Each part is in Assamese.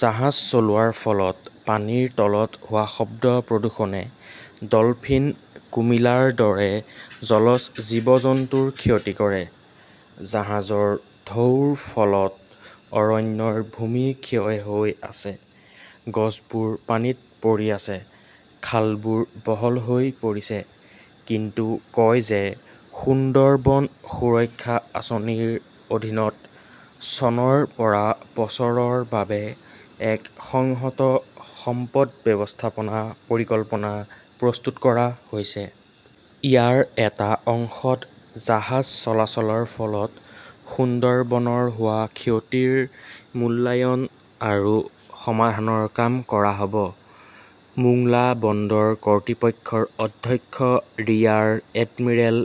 জাহাজ চলোৱাৰ ফলত পানীৰ তলত হোৱা শব্দ প্ৰদূষণে ডলফিন, কুমিলাৰ দৰে জলজ জীৱ-জন্তুৰ ক্ষতি কৰে। জাহাজৰ ঢৌৰ ফলত অৰণ্যৰ ভূমি ক্ষয় হৈ আছে। গছবোৰ পানীত পৰি আছে। খালবোৰ বহল হৈ পৰিছে। তেওঁ কয় যে সুন্দৰবন সুৰক্ষা আঁচনিৰ অধীনত চনৰ পৰা বছৰৰ বাবে এক সংহত সম্পদ ব্যৱস্থাপনা পৰিকল্পনা প্ৰস্তুত কৰা হৈছে। ইয়াৰ এটা অংশত জাহাজ চলাচলৰ ফলত সুন্দৰবনৰ হোৱা ক্ষতিৰ মূল্যায়ন আৰু সমাধানৰ কাম কৰা হ’ব। মোংলা বন্দৰ কৰ্তৃপক্ষৰ অধ্যক্ষ ৰিয়াৰ এডমিৰেল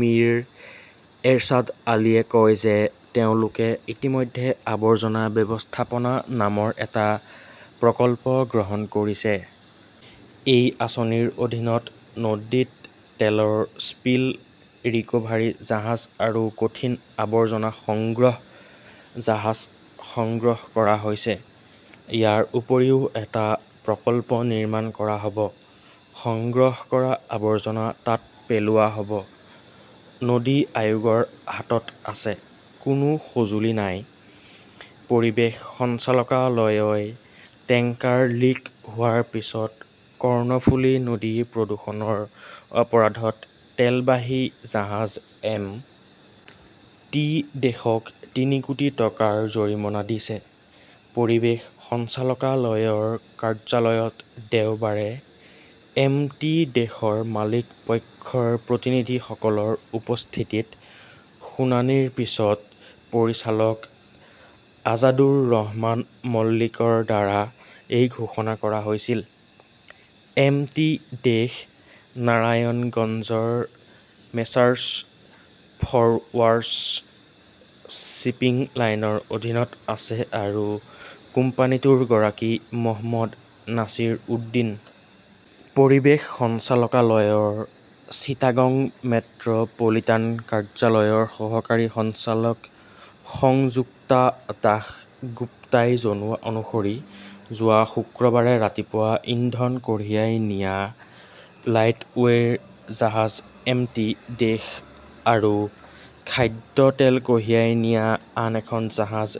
মিৰ এৰশ্বাদ আলীয়ে কয় যে তেওঁলোকে ইতিমধ্যে আৱৰ্জনা ব্যৱস্থাপনা নামৰ এটা প্ৰকল্প গ্ৰহণ কৰিছে। এই আঁচনিৰ অধীনত নদীত তেলৰ স্পিল ৰিক্ভাৰী জাহাজ আৰু কঠিন আৱৰ্জনা সংগ্ৰহ জাহাজ সংগ্ৰহ কৰা হৈছে। ইয়াৰ উপৰিও এটা প্ৰকল্প নিৰ্মাণ কৰা হ’ব, সংগ্ৰহ কৰা আৱৰ্জনা তাত পেলোৱা হ’ব। নদী আয়োগৰ হাতত আছে, কোনো সঁজুলি নাই পৰিৱেশ সঞ্চালকালয়ই টেংকাৰ লিক হোৱাৰ পিছত কৰ্ণফুলি নদী প্ৰদূষণৰ অপৰাধত তেলবাহী জাহাজ এম. টি. দেশক তিনি কোটি টকাৰ জৰিমনা দিছে। পৰিৱেশ সঞ্চালকালয়ৰ কাৰ্যালয়ত দেওবাৰে এম. টি. দেশ ৰ মালিক পক্ষৰ প্ৰতিনিধিসকলৰ উপস্থিতিত শুনানিৰ পিছত পৰিচালক আজাদুৰ ৰহমান মল্লিকৰ দ্বাৰা এই ঘোষণা কৰা হৈছিল। এম. টি. দেশ নাৰায়ণগঞ্জৰ মেছাৰ্ছ ফৰৱাৰ্ছ শ্বিপিং লাইনৰ অধীনত আছে আৰু কোম্পানীটোৰ গৰাকী মহম্মদ নাছিৰ উদ্দীন। পৰিৱেশ সঞ্চালকালয়ৰ চিটাগং মেট্ৰ 'পলিটান কাৰ্যালয়ৰ সহকাৰী সঞ্চালক সংযুক্তা দাসগুপ্তাই জনোৱা অনুসৰি যোৱা শুক্ৰবাৰে ৰাতিপুৱা ইন্ধন কঢ়িয়াই নিয়া লাইটৱেৰ জাহাজ এমটি দেশ আৰু খাদ্য তেল কঢ়িয়াই নিয়া আন এখন জাহাজ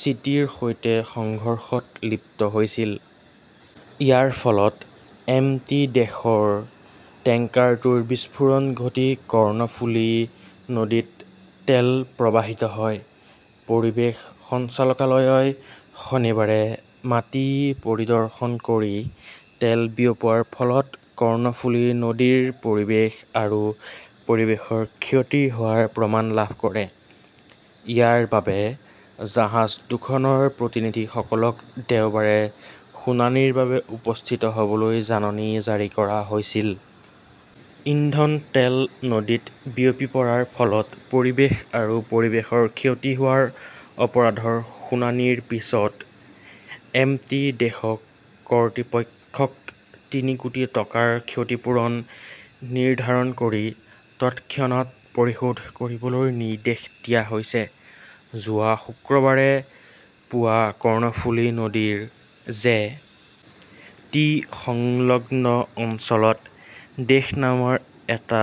চিটি ৰ সৈতে সংঘৰ্ষত লিপ্ত হৈছিল। ইয়াৰ ফলত এম. টি. দেশৰ টেংকাৰটোৰ বিস্ফোৰণ ঘটি কৰ্ণফুলী নদীত তেল প্ৰবাহিত হয়। পৰিৱেশ সঞ্চালকালয়ই শনিবাৰে মাটি পৰিদৰ্শন কৰি তেল বিয়পোৱাৰ ফলত কৰ্ণফুলি নদীৰ পৰিৱেশ আৰু পৰিৱেশৰ ক্ষতি হোৱাৰ প্ৰমাণ লাভ কৰে। ইয়াৰ বাবে জাহাজ দুখনৰ প্ৰতিনিধিসকলক দেওবাৰে শুনানিৰ বাবে উপস্থিত হ’বলৈ জাননী জাৰি কৰা হৈছিল। ইন্ধন তেল নদীত বিয়পি পৰাৰ ফলত পৰিৱেশ আৰু পৰিৱেশৰ ক্ষতি হোৱাৰ অপৰাধৰ শুনানিৰ পিছত এম. টি. দেশক কৰ্তৃপক্ষক তিনি কোটি টকাৰ ক্ষতিপূৰণ নিৰ্ধাৰণ কৰি তৎক্ষণাত পৰিশোধ কৰিবলৈ নিৰ্দেশ দিয়া হৈছে। যোৱা শুক্ৰবাৰে পুৱা কৰ্ণফুলি নদীৰ জে. টি. সংলগ্ন অঞ্চলত দেশ নামৰ এটা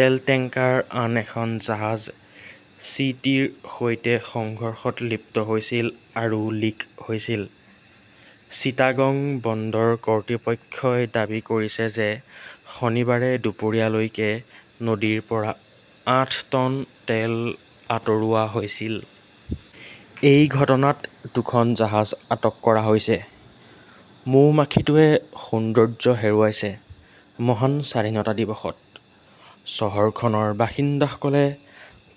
তেল টেংকাৰ আন এখন জাহাজ' চি. টি. ৰ সৈতে সংঘৰ্ষত লিপ্ত হৈছিল আৰু লিক হৈছিল। চিটাগং বন্দৰ কৰ্তৃপক্ষই দাবী কৰিছে যে শনিবাৰে দুপৰীয়া লৈকে নদীৰ পৰা আঠ টন তেল আঁতৰোৱা হৈছিল। এই ঘটনাত দুখন জাহাজ আটক কৰা হৈছে। মৌমাখিটোৱে সৌন্দৰ্য্য হেৰুৱাইছে মহান স্বাধীনতা দিৱসত, চহৰখনৰ বাসিন্দাসকলে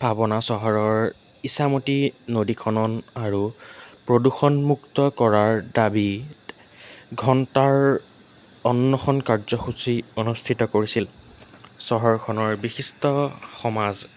পাবনা চহৰৰ ইছামতি নদী খনন আৰু প্ৰদূষণমুক্ত কৰাৰ দাবীত ঘণ্টাৰ অনশন কাৰ্যসূচী অনুষ্ঠিত কৰিছিল। চহৰখনৰ বিশিষ্ট সমাজ